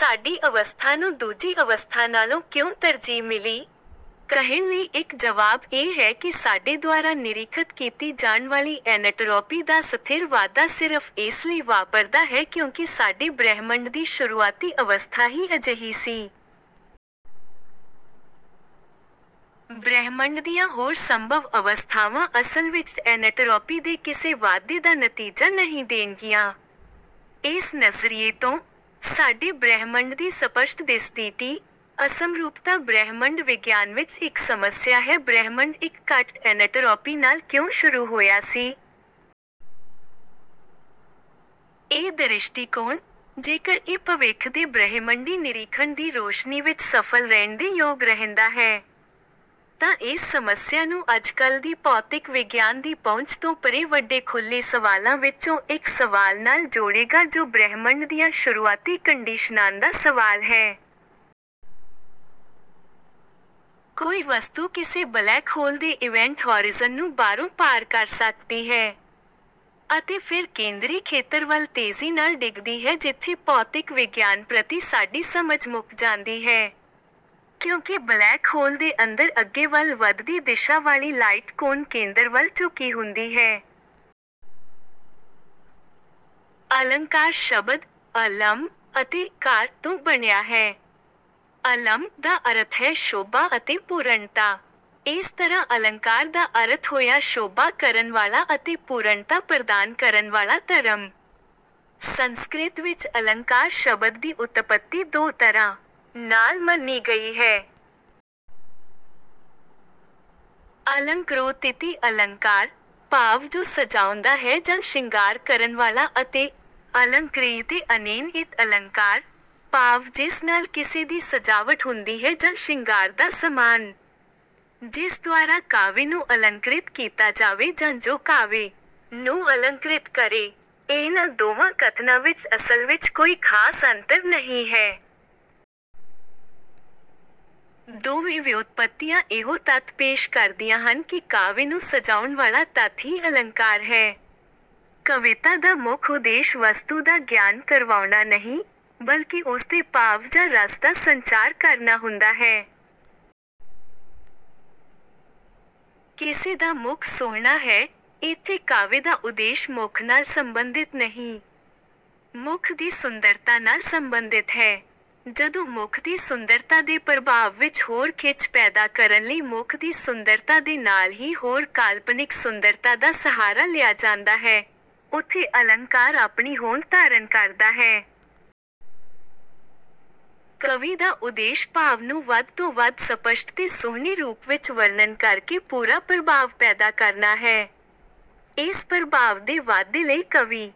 ਸਾਡੀ ਅਵਸਥਾ ਨੂੰ ਦੂਜੀ ਅਵਸਥਾ ਨਾਲੋਂ ਕਿਉਂ ਤਰਜੀਹ ਮਿਲੀ? ਕਹਿਣ ਲਈ ਇੱਕ ਜਵਾਬ ਇਹ ਹੈ ਕਿ ਸਾਡੇ ਦੁਆਰਾ ਨਿਰੀਖਤ ਕੀਤੀ ਜਾਣ ਵਾਲੀ ਐਨਟ੍ਰੌਪੀ ਦਾ ਸਥਿਰ ਵਾਧਾ ਸਿਰਫ਼ ਇਸ ਲਈ ਵਾਪਰਦਾ ਹੈ ਕਿਉਂਕਿ ਸਾਡੇ ਬ੍ਰਹਿਮੰਡ ਦੀ ਸ਼ੁਰੂਆਤੀ ਅਵਸਥਾ ਹੀ ਅਜਿਹੀ ਸੀ। ਬ੍ਰਹਿਮੰਡ ਦੀਆਂ ਹੋਰ ਸੰਭਵ ਅਵਸਥਾਵਾਂ ਅਸਲ ਵਿੱਚ ਐਨਟ੍ਰੌਪੀ ਦੇ ਕਿਸੇ ਵਾਧੇ ਦਾ ਨਤੀਜਾ ਨਹੀਂ ਦੇਣਗੀਆਂ। ਇਸ ਨਜ਼ਰੀਏ ਤੋਂ, ਸਾਡੇ ਬ੍ਰਹਿਮੰਡ ਦੀ ਸਪਸ਼ਟ ਦਿਸਦੀ ਟੀ-ਅਸਮਰੂਪਤਾ ਬ੍ਰਹਿਮੰਡ ਵਿਗਿਆਨ ਵਿੱਚ ਇੱਕ ਸਮੱਸਿਆ ਹੈ ਬ੍ਰਹਿਮੰਡ ਇੱਕ ਘੱਟ ਐਨਟ੍ਰੌਪੀ ਨਾਲ ਕਿਉਂ ਸ਼ੁਰੂ ਹੋਇਆ ਸੀ? ਇਹ ਦ੍ਰਿਸ਼ਟੀਕੋਣ, ਜੇਕਰ ਇਹ ਭਵਿੱਖ ਦੇ ਬ੍ਰਹਿਮੰਡੀ ਨਿਰੀਖਣ ਦੀ ਰੋਸ਼ਨੀ ਵਿੱਚ ਸਫਲ ਰਹਿਣ ਦੇ ਯੋਗ ਰਹਿੰਦਾ ਹੈ, ਤਾਂ ਇਸ ਸਮੱਸਿਆ ਨੂੰ ਅੱਜਕੱਲ੍ਹ ਦੀ ਭੌਤਿਕ ਵਿਗਿਆਨ ਦੀ ਪਹੁੰਚ ਤੋਂ ਪਰੇ ਵੱਡੇ ਖੁੱਲ੍ਹੇ ਸਵਾਲਾਂ ਵਿੱਚੋਂ ਇੱਕ ਸਵਾਲ ਨਾਲ ਜੋੜੇਗਾ ਜੋ ਬ੍ਰਹਿਮੰਡ ਦੀਆਂ ਸ਼ੁਰੂਆਤੀ ਕੰਡੀਸ਼ਨਾਂ ਦਾ ਸਵਾਲ ਹੈ। ਕੋਈ ਵਸਤੂ ਕਿਸੇ ਬਲੈਕ ਹੋਲ ਦੇ ਇਵੈਂਟ ਹੌਰਿਜ਼ਨ ਨੂੰ ਬਾਹਰੋਂ ਪਾਰ ਕਰ ਸਕਦੀ ਹੈ, ਅਤੇ ਫਿਰ ਕੇਂਦਰੀ ਖੇਤਰ ਵੱਲ ਤੇਜ਼ੀ ਨਾਲ ਡਿੱਗਦੀ ਹੈ ਜਿੱਥੇ ਭੌਤਿਕ ਵਿਗਿਆਨ ਪ੍ਰਤੀ ਸਾਡੀ ਸਮਝ ਮੁੱਕ ਜਾਂਦੀ ਹੈ। ਕਿਉਂਕਿ ਬਲੈਕ ਹੋਲ ਦੇ ਅੰਦਰ ਅੱਗੇ ਵੱਲ ਵਧਦੀ ਦਿਸ਼ਾ ਵਾਲੀ ਲਾਈਟ ਕੋਨ ਕੇਂਦਰ ਵੱਲ ਝੁਕੀ ਹੁੰਦੀ ਹੈ। ਅਲੰਕਾਰ ਸ਼ਬਦ 'ਅਲੰਮ੍' ਅਤੇ 'ਕਾਰ' ਤੋਂ ਬਣਿਆ ਹੈ। 'ਅਲੰਮ੍' ਦਾ ਅਰਥ ਹੈ ਸ਼ੋਭਾ ਅਤੇ ਪੂਰਣਤਾ। ਇਸ ਤਰ੍ਹਾਂ ਅਲੰਕਾਰ ਦਾ ਅਰਥ ਹੋਇਆ ਸ਼ੋਭਾ ਕਰਨ ਵਾਲਾ ਅਤੇ ਪੂਰਣਤਾ ਪ੍ਰਦਾਨ ਕਰਨ ਵਾਲਾ ਧਰਮ। ਸੰਸਕ੍ਰਿਤ ਵਿੱਚ ਅਲੰਕਾਰ ਸ਼ਬਦ ਦੀ ਉਤਪੱਤੀ ਦੋ ਤਰ੍ਹਾਂ ਨਾਲ ਮੰਨੀ ਗਈ ਹੈ। 'ਅਲੰਕਰੋਤਿਤੀ ਅਲੰਕਾਰ' ਭਾਵ ਜੋ ਸਜਾਉਂਦਾ ਹੈ ਜਾਂ ਸ਼ਿੰਗਾਰ ਕਰਨ ਵਾਲਾ ਅਤੇ 'ਅਲੰਕ੍ਰਿਯਤੇ ਅਨੇਨ ਇਤਿ ਅਲੰਕਾਰ' ਭਾਵ ਜਿਸ ਨਾਲ ਕਿਸੇ ਦੀ ਸਜਾਵਟ ਹੁੰਦੀ ਹੈ ਜਾਂ ਸ਼ਿੰਗਾਰ ਦਾ ਸਮਾਨ। ਜਿਸ ਦੁਆਰਾ ਕਾਵਿ ਨੂੰ ਅਲੰਕ੍ਰਿਤ ਕੀਤਾ ਜਾਵੇ ਜਾਂ ਜੋ ਕਾਵਿ ਨੂੰ ਅਲੰਕ੍ਰਿਤ ਕਰੇ, ਇਹਨਾਂ ਦੋਵਾਂ ਕਥਨਾਂ ਵਿੱਚ ਅਸਲ ਵਿੱਚ ਕੋਈ ਖਾਸ ਅੰਤਰ ਨਹੀਂ ਹੈ। ਦੋਵੇਂ ਵਿਉਤਪੱਤੀਆਂ ਇਹੋ ਤੱਥ ਪੇਸ਼ ਕਰਦੀਆਂ ਹਨ ਕਿ ਕਾਵਿ ਨੂੰ ਸਜਾਉਣ ਵਾਲਾ ਤੱਤ ਹੀ ਅਲੰਕਾਰ ਹੈ। ਕਵਿਤਾ ਦਾ ਮੁੱਖ ਉਦੇਸ਼ ਵਸਤੂ ਦਾ ਗਿਆਨ ਕਰਵਾਉਣਾ ਨਹੀਂ, ਬਲਕਿ ਉਸਦੇ ਭਾਵ ਜਾਂ ਰਸ ਦਾ ਸੰਚਾਰ ਕਰਨਾ ਹੁੰਦਾ ਹੈ। "ਕਿਸੇ ਦਾ ਮੁੱਖ ਸੋਹਣਾ ਹੈ" - ਇੱਥੇ ਕਾਵਿ ਦਾ ਉਦੇਸ਼ ਮੁੱਖ ਨਾਲ ਸੰਬੰਧਿਤ ਨਹੀਂ, ਮੁੱਖ ਦੀ ਸੁੰਦਰਤਾ ਨਾਲ ਸੰਬੰਧਿਤ ਹੈ। ਜਦੋਂ ਮੁੱਖ ਦੀ ਸੁੰਦਰਤਾ ਦੇ ਪ੍ਰਭਾਵ ਵਿੱਚ ਹੋਰ ਖਿੱਚ ਪੈਦਾ ਕਰਨ ਲਈ ਮੁੱਖ ਦੀ ਸੁੰਦਰਤਾ ਦੇ ਨਾਲ ਹੀ ਹੋਰ ਕਾਲਪਨਿਕ ਸੁੰਦਰਤਾ ਦਾ ਸਹਾਰਾ ਲਿਆ ਜਾਂਦਾ ਹੈ, ਉੱਥੇ ਅਲੰਕਾਰ ਆਪਣੀ ਹੋਂਦ ਧਾਰਨ ਕਰਦਾ ਹੈ। ਕਵੀ ਦਾ ਉਦੇਸ਼ ਭਾਵ ਨੂੰ ਵੱਧ ਤੋਂ ਵੱਧ ਸਪਸ਼ਟ ਤੇ ਸੋਹਣੇ ਰੂਪ ਵਿੱਚ ਵਰਣਨ ਕਰਕੇ ਪੂਰਾ ਪ੍ਰਭਾਵ ਪੈਦਾ ਕਰਨਾ ਹੈ। ਇਸ ਪ੍ਰਭਾਵ ਦੇ ਵਾਧੇ ਲਈ ਕਵੀ